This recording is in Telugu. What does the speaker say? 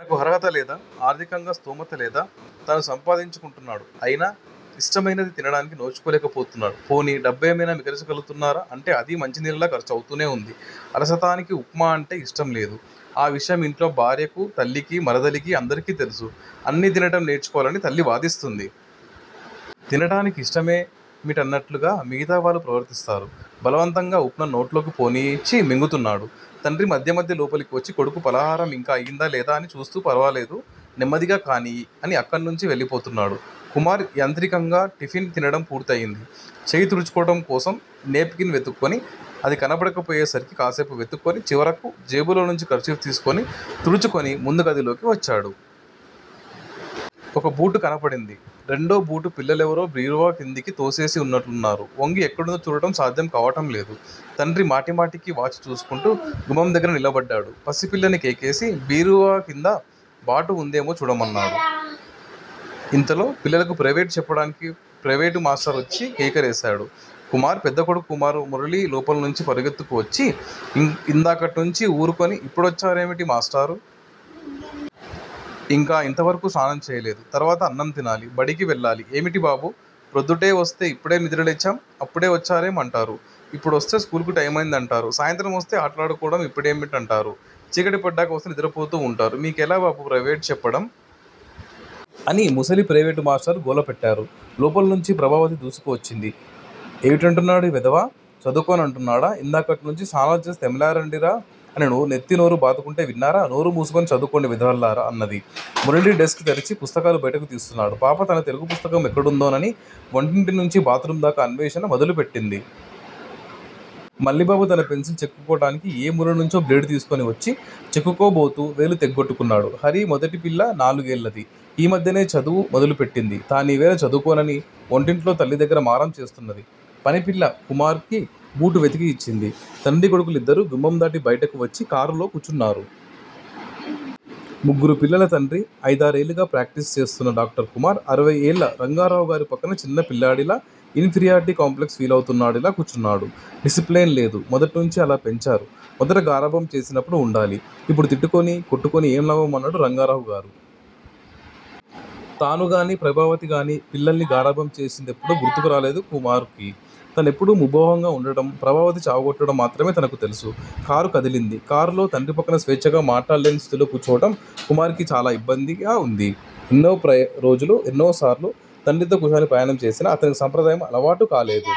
తనకు అర్హతలేదా? ఆర్ధికంగా స్తోమతలేదా? తను సంపాదించుకుంటున్నాడు. అయినా ఇష్టమైనది తినడానికి నోచుకోలేకపోతున్నాడు పోనీ డబ్బేమయినా మిగల్చగలుగుతున్నారా అంటే అది మంచినీళ్ళలా ఖర్చవుతూనే వుంది. అసలతానికి ఉప్మా అంటే ఇష్టంలేదు ఆ విషయం ఇంట్లో భార్యకూ తల్లికీ, మరధలికీ అందరికీ తెలుసు. అన్నీ తినటం నేర్చుకోవాలి అని తల్లి వాదిస్తుంది. తినటానికి ఇష్టమేమిటన్నట్లుగా మిగతావాళ్ళు ప్రవర్తిస్తారు. బలవంతంగా ఉప్మాని నోట్లోకి పోనిచ్చి మింగుతున్నాడు. తండ్రి మధ్య మధ్య లోపలికి వచ్చి కొడుకు ఫలహారం ఇంకా అయిందా లేదా అని చూస్తూ ఫర్వాలేదు, నెమ్మదిగా కానియ్యి' అని అక్కడ్నుంచి వెళ్ళిపోతున్నాడు. కుమార్ యంత్రికంగా టిఫిన్ తినడం పూర్తయింది. చెయ్యి తుడుచుకోవటం కోసం నేప్ కిన్ వెదుక్కుని, అది కనబడకపోయే సరికి కాసేపు వెతుక్కుని, చివరకు జేబులోంచి కర్చీఫ్ తీసుకుని తుడుచుకుని ముందుగదిలోకి వచ్చాడు. ఒక బూటు కనబడింది. రెండో బూటు పిల్లలెవరో బీరువాక్రిందికి తోసేసి నట్లున్నారు ఒంగి ఎక్కడుందో చూడటం సాధ్యం కావటంలేదు. తండ్రి మాటిమాటికీ వాచీ చూసుకుంటూ గుమ్మందగ్గర నిలబడ్డాడు. పనిపిల్లని కేకేసి బీరువాక్రింద బూటువుందేమో చూడమన్నాడు. ఇంతలో పిల్లలకి ప్రయివేటు చెప్పడానికి ప్రయివేటు మాష్టారొచ్చి కేకేశాడు. కుమార్ పెద్దకొడుకు మురళి లోపల్నుంచి పరిగెత్తుకువచ్చి 'ఇందాకట్నుంచీ ఊరుకుని, ఇప్పుడొచ్చారేమిటి మాష్టారూ! ఇంకా ఇంతవరకూ స్నానం చేయలేదు, తర్వాత అన్నం తినాలి, బడికి వెళ్ళాలి ఏమిటి బాబూ? ప్రొద్దుటే వస్తే ఇప్పుడే నిద్రలేచాం. అప్పుడే వచ్చారేం? అంటారు. ఇప్పుడొస్తే స్కూలుకు టైమయిందంటారు. సాయంత్రం వస్తే ఆటలాడుకోకుండా ఇప్పుడేమిటంటారు. చీకటిపడ్డాక వస్తే నిద్రపోతూ వుంటారు. మీకెలా బాబూ ప్రయివేటు చెప్పడం? ' అని ముసలి ప్రయివేటు మాష్టారు గోలపెట్టారు. లోపల్నుంచి ప్రభావతి దూసుకువచ్చింది. ఏమిటంటున్నాడు వెధవ? చదువుకోనంటున్నాడా? ఇందాకట్నుంచీ స్నానాలుచేసి తెమలండిరా అని నెత్తీనోరూ బాదుకుంటే విన్నారా? నోరు మూసుకుని చదువుకోండి వెధవల్లారా! అన్నది. మురళి డెస్క్ తెరచి పుస్తకాలు బయటకు తీస్తున్నాడు. పాప తన తెలుగుపుస్తకం ఎక్కడుందోనని వంటింటినుంచి బాత్ రూమ్ దాకా అన్వేషణ మొదలుపెట్టింది. మల్లిబాబు తన పెన్సిల్ చెక్కుకోవటానికి ఏ మూలనుంచో బ్లేడు తీసుకునివచ్చి, చెక్కుకోబోతూ వేలు తెగ్గొట్టుకున్నాడు. హరి మొదటిపిల్ల నాలుగేళ్ళది. ఈ మధ్యనే చదువు మొదలుపెట్టింది. తానీవేళ చదువుకోనని వంటింట్లో తల్లిదగ్గర మారాం చేస్తున్నది. పనిపిల్ల కుమార్ కి బూటు వెతికి ఇచ్చింది. తండ్రీకొడుకులిద్దరూ గుమ్మందాటి బయటకు వచ్చి కారులో కూర్చున్నారు. ముగ్గురు పిల్లల తండ్రి. అయిదారేళ్ళుగా ప్రాక్టీసు చేస్తున్న డాక్టర్ కుమార్ అరవైఏళ్ల రంగారావుగారి ప్రక్కన చిన్నపిల్లాడిలా ఇన్ ఫీరియారిటీ కాంప్లెక్స్ ఫీలవుతున్నవాడిలా కూర్చున్నాడు. డిసిప్లిన్ లేదు. మొదట్నుంచీ అలా పెంచారు. మొదట గారాబం చేసినప్పుడు ఉండాలి. ఇప్పుడు తిట్టుకుని, కొట్టుకుని ఏం లాభం? అన్నాడు రంగారావుగారు. తానుగానీ, ప్రభావతిగానీ పిల్లల్ని గారాబం చేసిందెప్పుడో గుర్తురాలేదు కుమార్ కి. తనెప్పుడూ ముభావంగా వుండటం, ప్రభావతి చావగొట్టటం మాత్రమే తనకు తెలుసు. కారు కదిలింది. కారులో తండ్రిప్రక్కన స్వేచ్చగా మాట్లాడలేని స్థితిలో కూర్చోవటం కుమార్ కి చాలా ఇబ్బందిగా వుంది. ఎన్నోరోజులు, ఎన్నోసార్లు తండ్రితో కూర్చుని ప్రయాణం చేసినా అతనికి సాంప్రదాయం అలవాటుకాలేదు.